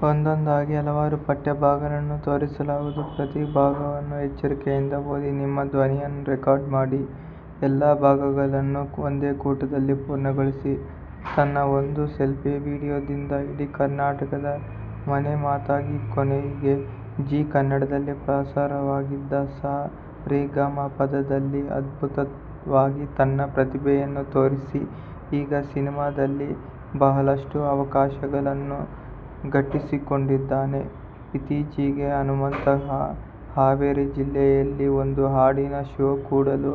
ತನ್ನ ಒಂದು selfie video ದಿಂದ ಇಡೀ ಕರ್ನಾಟಕದ ಮನೆ ಮಾತಾಗಿ ಕೊನೆಗೆ ಝೀ ಕನ್ನಡದಲ್ಲಿ ಪ್ರಸಾರವಾಗಿದ್ದ ಸ ರೇ ಗ ಮ ಪ ದಲ್ಲಿ ಅದ್ಭುತ ವಾಗಿ ತನ್ನ ಪ್ರತಿಭೆಯನ್ನು ತೋರಿಸಿ ಈಗ ಸಿನಿಮಾ ದಲ್ಲಿ ಬಹಳಷ್ಟು ಅವಕಾಶ ಗಳನ್ನೂ ಗಿಟ್ಟಿಸಿಕೊಂಡಿದ್ದಾನೆ. ಇತ್ತೀಚಿಗೆ ಹನುಮಂತ ಹಾವೇರಿ ಜಿಲ್ಲೆಯಲ್ಲಿ ಒಂದು ಹಾಡಿನ ಷೋ ಕೊಡಲು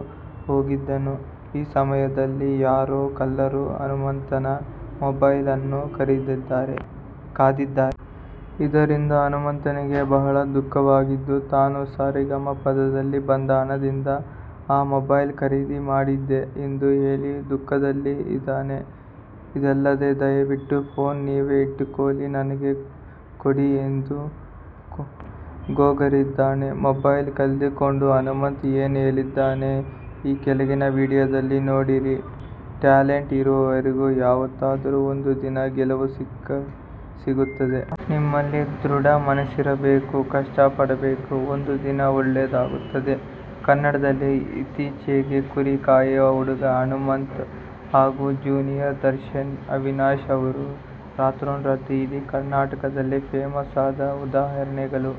ಹೋಗಿದ್ದನು, ಈ ಸಮಯದಲ್ಲಿ ಯಾರೋ ಕಳ್ಳರು ಹನುಮಂತನ ಮೊಬೈಲ್ ಅನ್ನು ಕದ್ದಿದ್ದಾರೆ. ಇದ್ದರಿಂದ ಹನುಮಂತನಿಗೆ ಬಹಳ ದುಃಖವಾಗಿದ್ದು, ತಾನು ಸ ರೇ ಗ ಮ ಪ ದಲ್ಲಿ ಬಂದ ಹಣದಿಂದ ಆ ಮೊಬೈಲ್ ಖರೀದಿ ಮಾಡಿದ್ದೆ ಎಂದು ಹೇಳಿ ದುಃಖದಲ್ಲಿ ಇದ್ದಾನೆ. ಇದಲ್ಲದೆ ದಯವಿಟ್ಟು ಫೋನ್ ನೀವೇ ಇಟ್ಟುಕೊಳ್ಳಿ ನನಗೆ ಕೊಡಿ ಎಂದು ಗೋಗರಿದಿದ್ದಾನೆ. ಮೊಬೈಲ್ ಕಳೆದುಕೊಂಡು ಹನುಮಂತ ಏನ್ ಹೇಳಿದ್ದಾನೆ ಈ ಕೆಳಗಿನ ವಿಡಿಯೋದಲ್ಲಿ ನೋಡಿರಿ ಟ್ಯಾಲೆಂಟ್ ಇರುವವರಿಗೆ ಯಾವತ್ತಾದರೂ ಒಂದು ದಿನ ಗೆಲುವು ಸಿಕ್ಕೇ ಸಿಗುತ್ತದೆ. ನಿಮ್ಮಲ್ಲಿ ದೃಢ ಮನಸ್ಸಿರಬೇಕು, ಕಷ್ಟ ಪಡಬೇಕು. ಒಂದು ದಿನ ಒಳ್ಳೇದ್ ಆಗುತ್ತದೆ. ಕನ್ನಡದಲ್ಲಿ ಇತ್ತೀಚಿಗೆ ಕುರಿ ಕಾಯುವ ಹುಡುಗ ಹನುಮಂತ ಹಾಗು ಜೂನಿಯರ್ ದರ್ಶನ್ ಅವಿನಾಶ್ ಅವರು ರಾತ್ರೋ ರಾತ್ರಿ ಇಡೀ ಕರ್ನಾಟಕದಲ್ಲಿ ಫೇಮಸ್ ಆದ ಉದಾಹರಣೆಗಳು.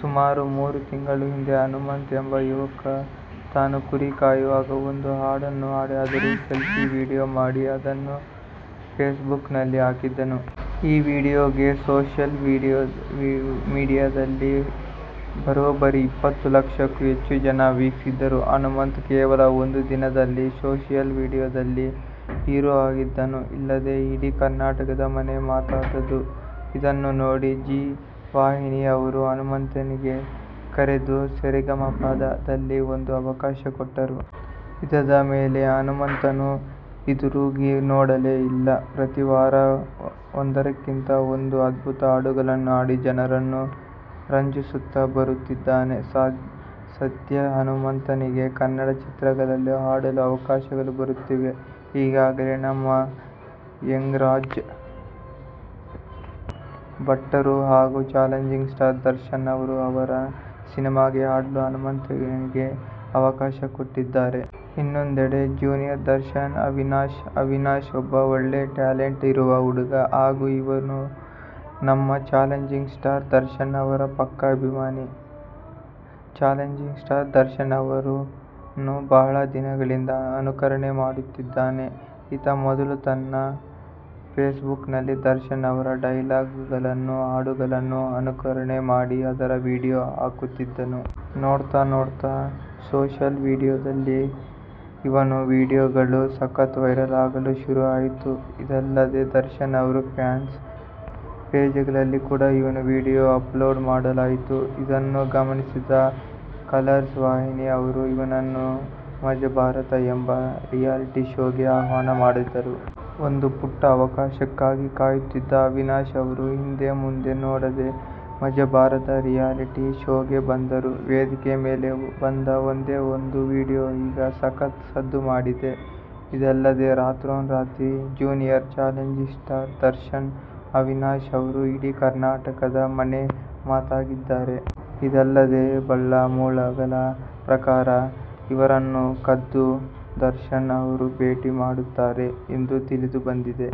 ಸುಮಾರು ಮೂರು ತಿಂಗಳ ಹಿಂದೆ ಹನುಮಂತ ಎಂಬ ಯುವಕ ತಾನು ಕುರಿ ಕಾಯುವಾಗ ಒಂದು ಹಾಡನ್ನು ಹಾಡಿ ಅದರ ಸೆಲ್ಫಿ ವಿಡಿಯೋ ಮಾಡಿ ಅದನ್ನು ಫೇಸ್ಬುಕ್ ನಲಿ ಹಾಕಿದ್ದನು. ಈ ವಿಡಿಯೋಗೆ ಸೋಶಿಯಲ್ ಮೀಡಿಯಾದಲ್ಲಿ ಬರೋಬ್ಬರಿ ಇಪ್ಪತ್ತು ಲಕ್ಷಕ್ಕೂ ಹೆಚ್ಚು ಜನ ವೀಕ್ಷಿಸಿದ್ದರು. ಹನುಮಂತ ಕೇವಲ ಒಂದು ದಿನದಲ್ಲಿ ಸೋಶಿಯಲ್ ಮೀಡಿಯಾ ದಲ್ಲಿ ಹೀರೋ ಆಗಿದ್ದನು. ಇದಲ್ಲದೆ ಇಡೀ ಕರ್ನಾಟಕದ ಮನೆ ಮಾತಾದನು. ಇದನ್ನು ನೋಡಿ ಜಿ ವಾಹಿನಿ ಅವರು ಹನುಮಂತನಿಗೆ ಕರೆದು ಸ ರೇ ಗ ಮ ಪ ದಲ್ಲಿ ಒಂದು ಅವಕಾಶ ಕೊಟ್ಟರು. ಇದಾದ ಮೇಲೆ ಹನುಮಂತನು ಹಿಂದುರುಗಿ ನೋಡಲೇ ಇಲ್ಲ. ಪ್ರತೀ ವಾರ ಒಂದರಕ್ಕಿಂತ ಒಂದು ಅದ್ಭುತ ಹಾಡುಗಳನ್ನು ಹಾಡಿ ಜನರನ್ನು ರಂಜಿಸುತ್ತಾ ಬರುತ್ತಿದ್ದಾನೆ. ಸದ್ಯ ಹನುಮಂತ ನಿಗೆ ಕನ್ನಡ ಚಿತ್ರಗಳಲ್ಲಿ ಹಾಡಲು ಅವಕಾಶಗಳು ಬರುತ್ತಿವೆ. ಈಗಾಗಲೇ ನಮ್ಮ ಯೋಗರಾಜ್ ಭಟ್ಟರು ಹಾಗು ಚಾಲೆಂಜಿಂಗ್ ಸ್ಟಾರ್ ದರ್ಶನ್ ಅವರು ಅವರ ಸಿನೆಮಾಗೆ ಹಾಡಲು ಹನುಮಂತನಿಗೆ ಅವಕಾಶ ಕೊಟ್ಟಿದ್ದಾರೆ. ಇನ್ನೊಂದೆಡೆ ಜೂನಿಯರ್ ದರ್ಶನ್ ಅವಿನಾಶ್! ಅವಿನಾಶ್ ಒಬ್ಬ ಒಳ್ಳೆ ಟ್ಯಾಲೆಂಟ್ ಇರುವ ಹುಡುಗ ಹಾಗು ಇವನು ನಮ್ಮ ಚಾಲೆಂಜಿಂಗ್ ಸ್ಟಾರ್ ದರ್ಶನ್ ಅವರ ಪಕ್ಕಾ ಅಭಿಮಾನಿ. ಚಾಲೆಂಜಿಂಗ್ ಸ್ಟಾರ್ ದರ್ಶನ್ ಅವರನ್ನು ಬಹಳ ದಿನಗಳಿಂದ ಅನುಕರಣೆ ಮಾಡುತ್ತಿದ್ದಾನೆ. ಈತ ಮೊದಲು ತನ್ನ ಫೇಸ್ಬುಕ್ ನಲ್ಲಿ, ದರ್ಶನ್ ಅವರ ಡೈಲಾಗ್ ಗಳನ್ನೂ, ಹಾಡುಗಳನ್ನು ಅನುಕರಣೆ ಮಾಡಿ ಅದರ ವಿಡಿಯೋ ಹಾಕುತ್ತಿದ್ದನು. ನೋಡ್ತಾ ನೋಡ್ತಾ ಸೋಶಿಯಲ್ ಮೀಡಿಯಾ ದಲ್ಲಿ ಇವನ ವಿಡಿಯೋ ಗಳು ಸಕತ್ ವೈರಲ್ ಆಗಲು ಶುರು ಆಯಿತು. ಇದಲ್ಲದೆ ದರ್ಶನ್ ಅವರ ಫ್ಯಾನ್ ಪೇಜ್ಗಳಲ್ಲಿ ಕೂಡ ಇವನ ವಿಡಿಯೋ ಅಪ್ಲೋಡ್ ಮಾಡಲಾಯಿತು. ಇದನ್ನು ಗಮನಿಸಿದ ಕಲರ್ಸ್ ವಾಹಿನಿ ಅವರು ಇವನನ್ನು ಮಜಭಾರತ ಎಂಬ ರಿಯಾಲಿಟಿ ಶೋಗೆ ಆಹ್ವಾನ ಮಾಡಿದರು. ಒಂದು ಪುಟ್ಟ ಅವಕಾಶಕ್ಕಾಗಿ ಕಾಯುತ್ತಿದ್ದ ಅವಿನಾಶ್ ಅವರು ಹಿಂದೆ ಮುಂದೆ ನೋಡದೆ ಮಜಭಾರತ ರಿಯಾಲಿಟಿ ಶೋಗೆ ಬಂದರು. ವೇದಿಕೆ ಮೇಲೆ ಬಂದ ಒಂದೇ ಒಂದು ವಿಡಿಯೋ ಈಗ ಸಕತ್ ಸದ್ದು ಮಾಡಿದೆ. ಇದಲ್ಲದೆ ರಾತ್ರೋ ರಾತ್ರಿ junior challenging star Darshan Avinash ಅವರು ಇಡೀ ಕರ್ನಾಟಕದ ಮನೆ ಮಾತಾಗಿದ್ದಾರೆ. ಇದಲ್ಲದೆ ಬಲ್ಲ ಮೂಲಗಳ ಪ್ರಕಾರ ಇವರನ್ನು ಕುದ್ದು ದರ್ಶನ್ ಅವರು ಭೇಟಿ ಮಾಡುತ್ತಾರೆ ಎಂದು ತಿಳಿದು ಬಂದಿದೆ.